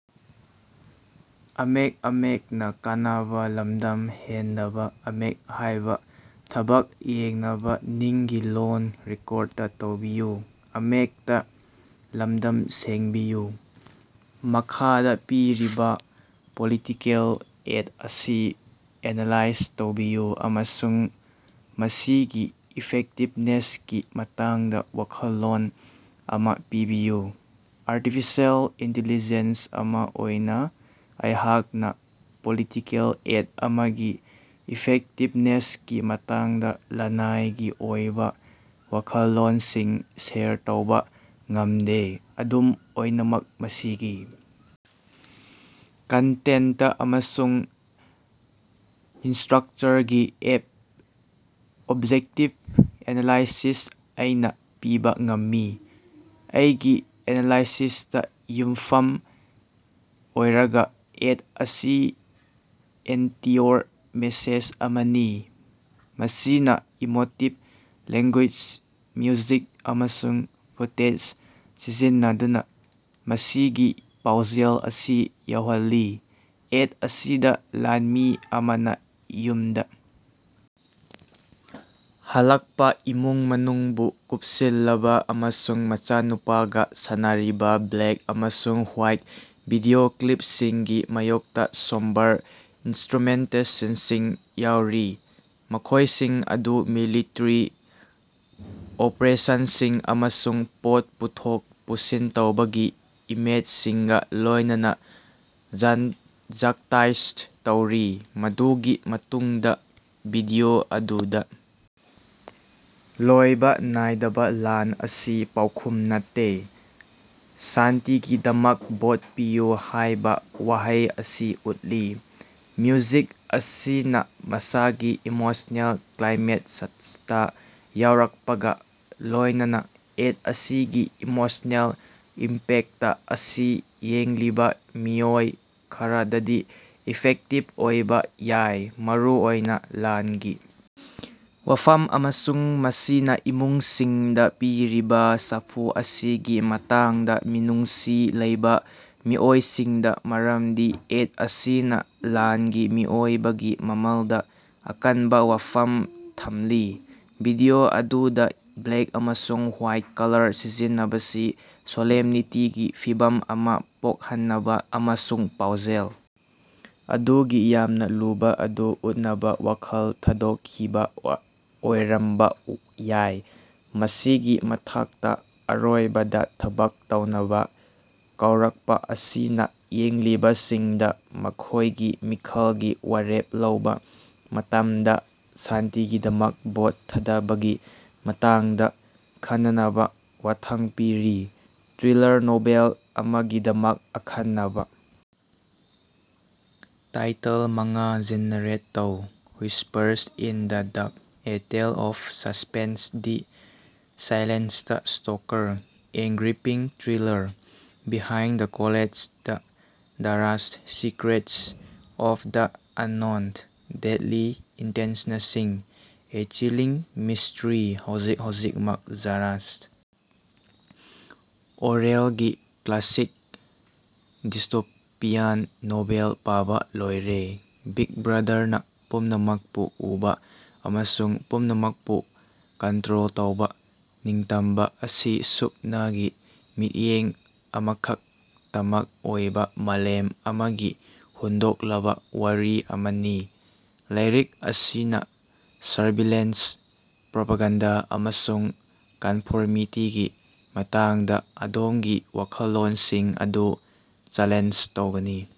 ꯃꯈꯥꯗꯥ ꯄꯤꯔꯤꯕꯥ political ad ꯑꯁꯤ ꯑꯦꯅꯥꯂꯥꯏꯖ ꯇꯧꯕꯤꯌꯨ ꯑꯃꯁꯨꯡ ꯃꯁꯤꯒꯤ ꯏꯐꯦꯛꯇꯤꯕꯅꯦꯁꯀꯤ ꯃꯇꯥꯡꯗꯥ ꯋꯥꯈꯜꯂꯣꯟ ꯑꯃꯥ ꯄꯤꯕꯤꯌꯨ꯫ ꯑꯔꯇꯤꯐꯤꯁꯦꯜ ꯏꯟꯇꯤꯂꯤꯖꯦꯟꯁ ꯑꯃꯥ ꯑꯣꯏꯅꯥ ꯑꯩꯍꯥꯛꯅꯥ ꯄꯣꯂꯤꯇꯤꯀꯦꯜ ꯑꯦꯗ ꯑꯃꯒꯤ ꯏꯐꯦꯛꯇꯤꯕꯅꯦꯁꯀꯤ ꯃꯇꯥꯡꯗꯥ ꯂꯅꯥꯏꯒꯤ ꯑꯣꯏꯕꯥ ꯋꯥꯈꯜꯂꯣꯟꯁꯤꯡ ꯁꯦꯌꯔ ꯇꯧꯕꯥ ꯉꯝꯗꯦ꯫ ꯑꯗꯨꯝ ꯑꯣꯏꯅꯃꯛ ꯃꯁꯤꯒꯤ ꯀꯟꯇꯦꯟꯇ ꯑꯃꯁꯨꯡ ꯏꯁꯇ꯭ꯔꯛꯆꯔꯒꯤ ꯑꯣꯕꯖꯦꯛꯇꯤꯕ ꯑꯦꯅꯥꯂꯥꯏꯁꯤꯁ ꯑꯩꯅꯥ ꯄꯤꯕꯥ ꯉꯝꯃꯤ꯫ ꯑꯩꯒꯤ ꯑꯦꯅꯥꯂꯥꯏꯁꯤꯁꯇꯥ ꯌꯨꯝꯐꯝ ꯑꯣꯏꯔꯒꯥ ꯑꯦꯗ ꯑꯁꯤ ꯑꯦꯟꯇꯤ-ꯋꯥꯔ ꯃꯦꯁꯦꯖ ꯑꯃꯅꯤ ꯃꯁꯤꯅꯥ ꯏꯃꯣꯇꯤꯕ ꯂꯦꯡꯒꯣꯏꯖ, ꯃ꯭ꯌꯨꯖꯤꯛ ꯑꯃꯁꯨꯡ ꯐꯨꯇꯦꯖ ꯁꯤꯖꯤꯟꯅꯗꯨꯅꯥ ꯃꯁꯤꯒꯤ ꯄꯥꯎꯖꯦꯜ ꯑꯁꯤ ꯌꯧꯍꯜꯂꯤ꯫ ꯑꯦꯗ ꯑꯁꯤꯗꯥ ꯂꯥꯟꯃꯤ ꯑꯃꯅꯥ ꯌꯨꯝꯗꯥ ꯍꯜꯂꯛꯄꯥ, ꯏꯃꯨꯡ ꯃꯅꯨꯡꯕꯨ ꯀꯨꯞꯁꯤꯜꯂꯕꯥ ꯑꯃꯁꯨꯡ ꯃꯆꯥꯅꯨꯄꯥꯒꯥ ꯁꯥꯟꯅꯔꯤꯕꯥ ꯕ꯭ꯂꯦꯛ ꯑꯃꯁꯨꯡ ꯍ꯭ꯋꯥꯏꯠ ꯚꯤꯗꯤꯑꯣ ꯀ꯭ꯂꯤꯞꯁꯤꯡꯒꯤ ꯃꯥꯌꯣꯛꯇꯥ ꯁꯣꯝꯕꯔ ꯏꯟꯁꯇ꯭ꯔꯨꯃꯦꯟꯇꯦꯁꯟꯁꯤꯡ ꯌꯥꯎꯔꯤ, ꯃꯈꯣꯏꯁꯤꯡ ꯑꯗꯨ ꯃꯤꯂꯤꯇꯔꯤ ꯑꯣꯄꯔꯦꯁꯟꯁꯤꯡ ꯑꯃꯁꯨꯡ ꯄꯣꯠ ꯄꯨꯊꯣꯛ ꯄꯨꯁꯤꯟ ꯇꯧꯕꯒꯤ ꯏꯃꯦꯖꯁꯤꯡꯒꯥ ꯂꯣꯏꯅꯅꯥ ꯖꯛꯁꯇꯥꯏꯖ ꯇꯧꯔꯤ꯫ ꯃꯗꯨꯒꯤ ꯃꯇꯨꯡꯗꯥ ꯚꯤꯗꯤꯑꯣ ꯑꯗꯨꯗꯥ ꯂꯣꯏꯕꯥ ꯅꯥꯏꯗꯕꯥ ꯂꯥꯟ ꯑꯁꯤ ꯄꯥꯎꯈꯨꯝ ꯅꯠꯇꯦ꯫ ꯁꯥꯟꯇꯤꯒꯤꯗꯃꯛ ꯚꯣꯠ ꯄꯤꯌꯨ ꯍꯥꯌꯕꯥ ꯋꯥꯍꯩ ꯑꯁꯤ ꯎꯠꯂꯤ꯫ ꯃ꯭ꯌꯨꯖꯤꯛ ꯑꯁꯤꯅꯥ ꯃꯁꯥꯒꯤ ꯏꯃꯣꯁꯅꯦꯜ ꯀ꯭ꯂꯥꯏꯃꯦꯛꯁꯇꯥ ꯌꯧꯔꯛꯄꯒꯥ ꯂꯣꯏꯅꯅꯥ, ꯑꯦꯗ ꯑꯁꯤꯒꯤ ꯏꯃꯣꯁꯅꯦꯜ ꯏꯝꯄꯦꯛꯇ ꯑꯁꯤ ꯌꯦꯡꯂꯤꯕꯥ ꯃꯤꯑꯣꯏ ꯈꯔꯗꯗꯤ ꯏꯐꯦꯛꯇꯤꯕ ꯑꯣꯏꯕꯥ ꯌꯥꯏ, ꯃꯔꯨꯑꯣꯏꯅꯥ ꯂꯥꯟꯒꯤ ꯋꯥꯐꯝ ꯑꯃꯁꯨꯡ ꯃꯁꯤꯅꯥ ꯏꯃꯨꯡꯁꯤꯡꯗꯥ ꯄꯤꯔꯤꯕꯥ ꯁꯥꯐꯨ ꯑꯁꯤꯒꯤ ꯃꯇꯥꯡꯗꯥ ꯃꯤꯅꯨꯡꯁꯤ ꯂꯩꯕꯥ ꯃꯤꯑꯣꯏꯁꯤꯡꯗꯥ, ꯃꯔꯝꯗꯤ ꯑꯦꯗ ꯑꯁꯤꯅꯥ ꯂꯥꯟꯒꯤ ꯃꯤꯑꯣꯏꯕꯒꯤ ꯃꯃꯜꯗꯥ ꯑꯀꯟꯕꯥ ꯋꯥꯐꯝ ꯊꯝꯂꯤ꯫ ꯚꯤꯗꯤꯑꯣ ꯑꯗꯨꯗꯥ ꯕ꯭ꯂꯦꯛ ꯑꯃꯁꯨꯡ ꯍ꯭ꯋꯥꯏꯠ ꯀꯂꯔ ꯁꯤꯖꯤꯟꯅꯕꯁꯤ ꯁꯣꯂꯦꯝꯅꯤꯇꯤꯒꯤ ꯐꯤꯚꯝ ꯑꯃꯥ ꯄꯣꯛꯍꯟꯅꯕꯥ ꯑꯃꯁꯨꯡ ꯄꯥꯎꯖꯦꯜ ꯑꯗꯨꯒꯤ ꯌꯥꯝꯅꯥ ꯂꯨꯕꯥ ꯑꯗꯨ ꯎꯠꯅꯕꯥ ꯋꯥꯈꯜ ꯊꯥꯗꯣꯛꯈꯤꯕꯥ ꯑꯣꯏꯔꯝꯕꯥ ꯌꯥꯏ꯫ ꯃꯁꯤꯒꯤ ꯃꯊꯛꯇꯥ, ꯑꯔꯣꯏꯕꯗꯥ ꯊꯕꯛ ꯇꯧꯅꯕꯥ ꯀꯧꯔꯛꯄꯥ ꯑꯁꯤꯅꯥ ꯌꯦꯡꯂꯤꯕꯁꯤꯡꯗꯥ ꯃꯈꯣꯏꯒꯤ ꯃꯤꯈꯜꯒꯤ ꯋꯥꯔꯦꯞ ꯂꯧꯕꯥ ꯃꯇꯝꯗꯥ ꯁꯥꯟꯇꯤꯒꯤꯗꯃꯛ ꯚꯣꯠ ꯊꯥꯗꯕꯒꯤ ꯃꯇꯥꯡꯗꯥ ꯈꯟꯅꯅꯕꯥ ꯌꯥꯊꯪ ꯄꯤꯔꯤ꯫ ꯊ꯭ꯔꯤꯂꯥꯔ ꯅꯣꯚꯦꯜ ꯑꯃꯒꯤꯗꯃꯛ ꯑꯈꯟꯅꯕꯥ ꯇꯥꯏꯇꯜ ꯃꯉꯥ ꯖꯦꯅꯦꯔꯦꯠ ꯇꯧ꯫ "Whispers in the dark: a tale of suspense", "the silent stalker: a gripping thriller", "behind closed doors: secrets of the unknown", "deadly ꯏꯟꯇꯦꯟꯁꯅꯁꯤꯡ: ꯑꯦ ꯆꯤꯂꯤꯡ ꯃꯤꯁ꯭ꯠꯔꯤ"꯫ ꯍꯧꯖꯤꯛ ꯍꯧꯖꯤꯛꯃꯛ ꯖꯔꯖ ꯑꯣꯔꯋꯦꯜꯒꯤ ꯀ꯭ꯂꯥꯁꯤꯛ ꯗꯤꯁꯇꯣꯄꯤꯌꯥꯟ ꯅꯣꯚꯦꯜ, ꯄꯥꯕꯥ ꯂꯣꯏꯔꯦ, big ꯕ꯭ꯔꯥꯗꯥꯔꯅꯥ ꯄꯨꯝꯅꯃꯛꯄꯨ ꯎꯕꯥ ꯑꯃꯁꯨꯡ ꯄꯨꯝꯅꯃꯛꯄꯨ ꯀꯟꯇ꯭ꯔꯣꯜ ꯇꯧꯕꯥ, ꯅꯤꯡꯇꯝꯕꯥ ꯑꯁꯤ ꯁꯨꯞꯅꯒꯤ ꯃꯤꯠꯌꯦꯡ ꯑꯃꯈꯛꯇꯃꯛ ꯑꯣꯏꯕꯥ ꯃꯥꯂꯦꯝ ꯑꯃꯒꯤ ꯍꯨꯟꯗꯣꯛꯂꯕꯥ ꯋꯥꯔꯤ ꯑꯃꯅꯤ꯫ ꯂꯥꯏꯔꯤꯛ ꯑꯁꯤꯅꯥ ꯁꯔꯚꯤꯂꯦꯟꯁ, ꯄ꯭ꯔꯣꯄꯥꯒꯥꯟꯗꯥ ꯑꯃꯁꯨꯡ ꯀꯟꯐꯣꯔꯃꯤꯇꯤꯒꯤ ꯃꯇꯥꯡꯗꯥ ꯑꯗꯣꯝꯒꯤ ꯋꯥꯈꯜꯂꯣꯟꯁꯤꯡ ꯑꯗꯨ ꯆꯦꯂꯦꯟꯖ ꯇꯧꯒꯅꯤ꯫